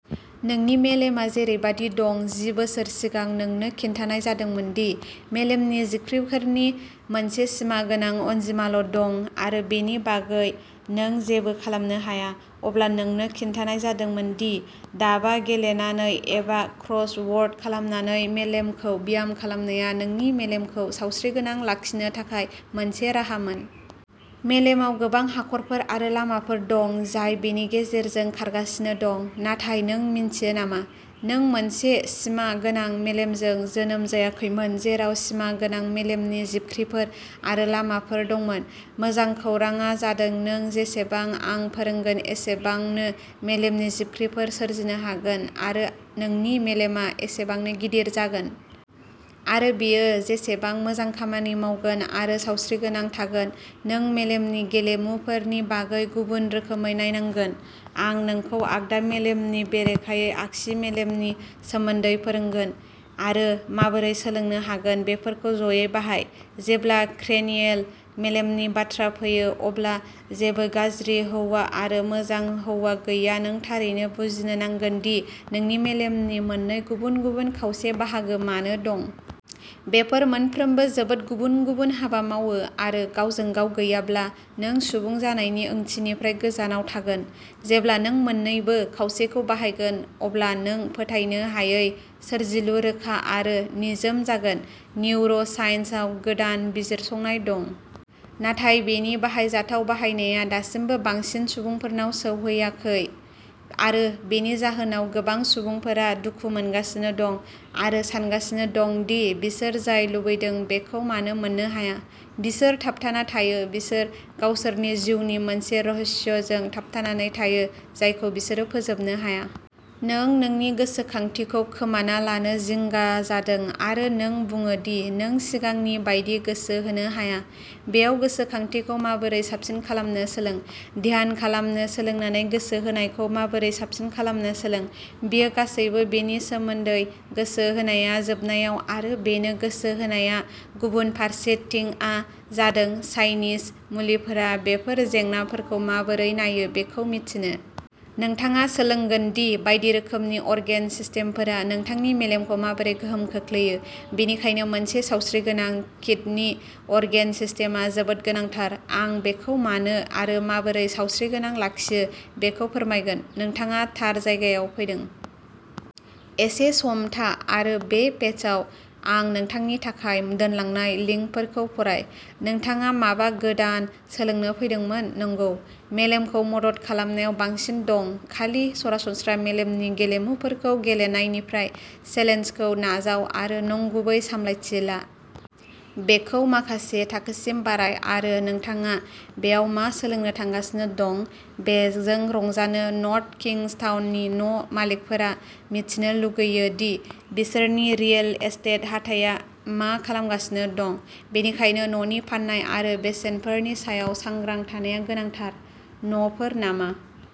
नोंनि मेलेमआ जेरैबादि दं जि बोसोर सिगां, नोंनो खिन्थानाय जादोंमोन दि मेलेमनि जिबख्रिफोरनि मोनसे सिमा गोनां अनजिमाल' दं आरो बेनि बागै नों जेबो खालामनो हाया। अब्ला नोंनो खिन्थानाय जादोंमोन दि दाबा गेलेनानै एबा क्रस वर्ड खालामनानै मेलेमखौ ब्याम खालामनाया नोंनि मेलेमखौ सावस्रिगोनां लाखिनो थाखाय मोनसे राहामोन। मेलेमाव गोबां हाखरफोर आरो लामाफोर दं जाय बेनि गेजेरजों खारगासिनो दं। नाथाय, नों मिन्थियो नामा? नों मोनसे सिमा गोनां मेलेमजों जोनोम जायाखैमोन जेराव सिमा गोनां मेलेमनि जिबख्रिफोर आरो लामाफोर दंमोन। मोजां खौरांआ जादों नों जेसेबां आं फोरोंगोन एसेबांनो मेलेमनि जिबख्रिफोर सोरजिनो हागोन आरो नोंनि मेलेमआ एसेबांनो गिदिर जागोन। आरो बेयो जेसेबां मोजां खामानि मावगोन आरो सावस्रिगोनां थागोन। नों मेलेमनि गेलेमुफोरनि बागै गुबुन रोखोमै नायनांगोन। आं नोंखौ आगदा मेलेमनि बेरेखायै आगसि मेलेमनि सोमोन्दै फोरोंगोन। आरो माबोरै सोलोंनो हागोन। बेफोरखौ जयै बाहाय। जेब्ला क्रेनियेल मेलेमनि बाथ्रा फैयो, अब्ला जेबो गाज्रि हौवा आरो मोजां हौवा गैया नों थारैनो बुजिनो नांगोन दि नोंनि मेलेमनि मोननै गुबुन-गुबुन खावसे बाहागो मानो दं। बेफोर मोनफ्रोमबो जोबोद गुबुन-गुबुन हाबा मावो आरो गावजों-गाव गैयाब्ला, नों सुबुं जानायनि ओंथिनिफ्राय गोजानाव थागोन। जेब्ला नों मोन्नैबो खावसेखौ बाहायगोन, अब्ला नों फोथायनो हायै सोरजिलु, रोखा आरो निजोम जागोन। निउर' साइन्सआव गोदान बिजिरसंनाय दं। नाथाय बेनि बाहायजाथाव बाहायनाया दासिमबो बांसिन सुबुंफोरनाव सौहैयाखै। आरो बेनि जाहोनाव, गोबां सुबुंफोरा दुखु मोनगासिनो दं आरो सानगासिनो दं दि बिसोर जाय लुबैदों बेखौ मानो मोननो हाया। बिसोर थाबथाना थायो। बिसोर गावसोरनि जिउनि मोनसे रहस्यजों थाबथानानै थायो जायखौ बिसोरो फोजोबनो हाया। नों नोंनि गोसोखांथिखौ खोमाना लानो जिंगा जादों आरो नों बुङो दि नों सिगांनि बायदि गोसो होनो हाया? बेयाव गोसोखांथिखौ माबोरै साबसिन खालामनो सोलों। ध्यान खालामनो सोलोंनानै गोसो होनायखौ माबोरै साबसिन खालामनो सोलों। बेयो गासैबो बेनि सोमोन्दै गोसो होनाया, जोबनायाव आरो बेनो गोसो होनाया गुबुन फारसेथिंआ जादों चाइनिज मुलिफोरा बेफोर जेंनाफोरखौ माबोरै नायो बेखौ मिथिनो। नोंथाङा सोलोंगोन दि बायदि रोखोमनि अर्गेन सिस्टेमफोरा नोंथांनि मेलेमखौ माबोरै गोहोम खोख्लैयो। बेनिखायनो मोनसे सावस्रिगोनां किडनि अर्गेन सिस्टेमआ जोबोद गोनांथार। आं बेखौ मानो आरो माबोरै सावस्रिगोनां लाखियो बेखौ फोरमायगोन। नोंथाङा थार जायगायाव फैदों। एसे सम था आरो बे पेजआव आं नोंथांनि थाखाय दोनलांनाय लिंकफोरखौ फराय। नोंथाङा माबा गोदान सोलोंनो फैदोंमोन, नंगौ? मेलेमखौ मदद खालामनायाव बांसिन दं, खालि सरासनस्रा मेलेमनि गेलेमुफोरखौ गेलेनायनिफ्राय। चेलेन्जखौ नाजाव आरो नंगुबै सामलायथि ला। बेखौ माखासे थाखोसिम बाराय आरो नोंथाङा बेयाव मा सोलोंनो थांगासिनो दं बेजों रंजानो नर्थ किंग्सटाउननि न' मालिकफोरा मिथिनो लुगैयो दि बिसोरनि रियेल एस्टेट हाथाया मा खालामगासिनो दं, बेनिखायनो न'नि फान्नाय आरो बेसेनफोरनि सायाव सांग्रां थानाया गोनांथार। न'फोर नामा?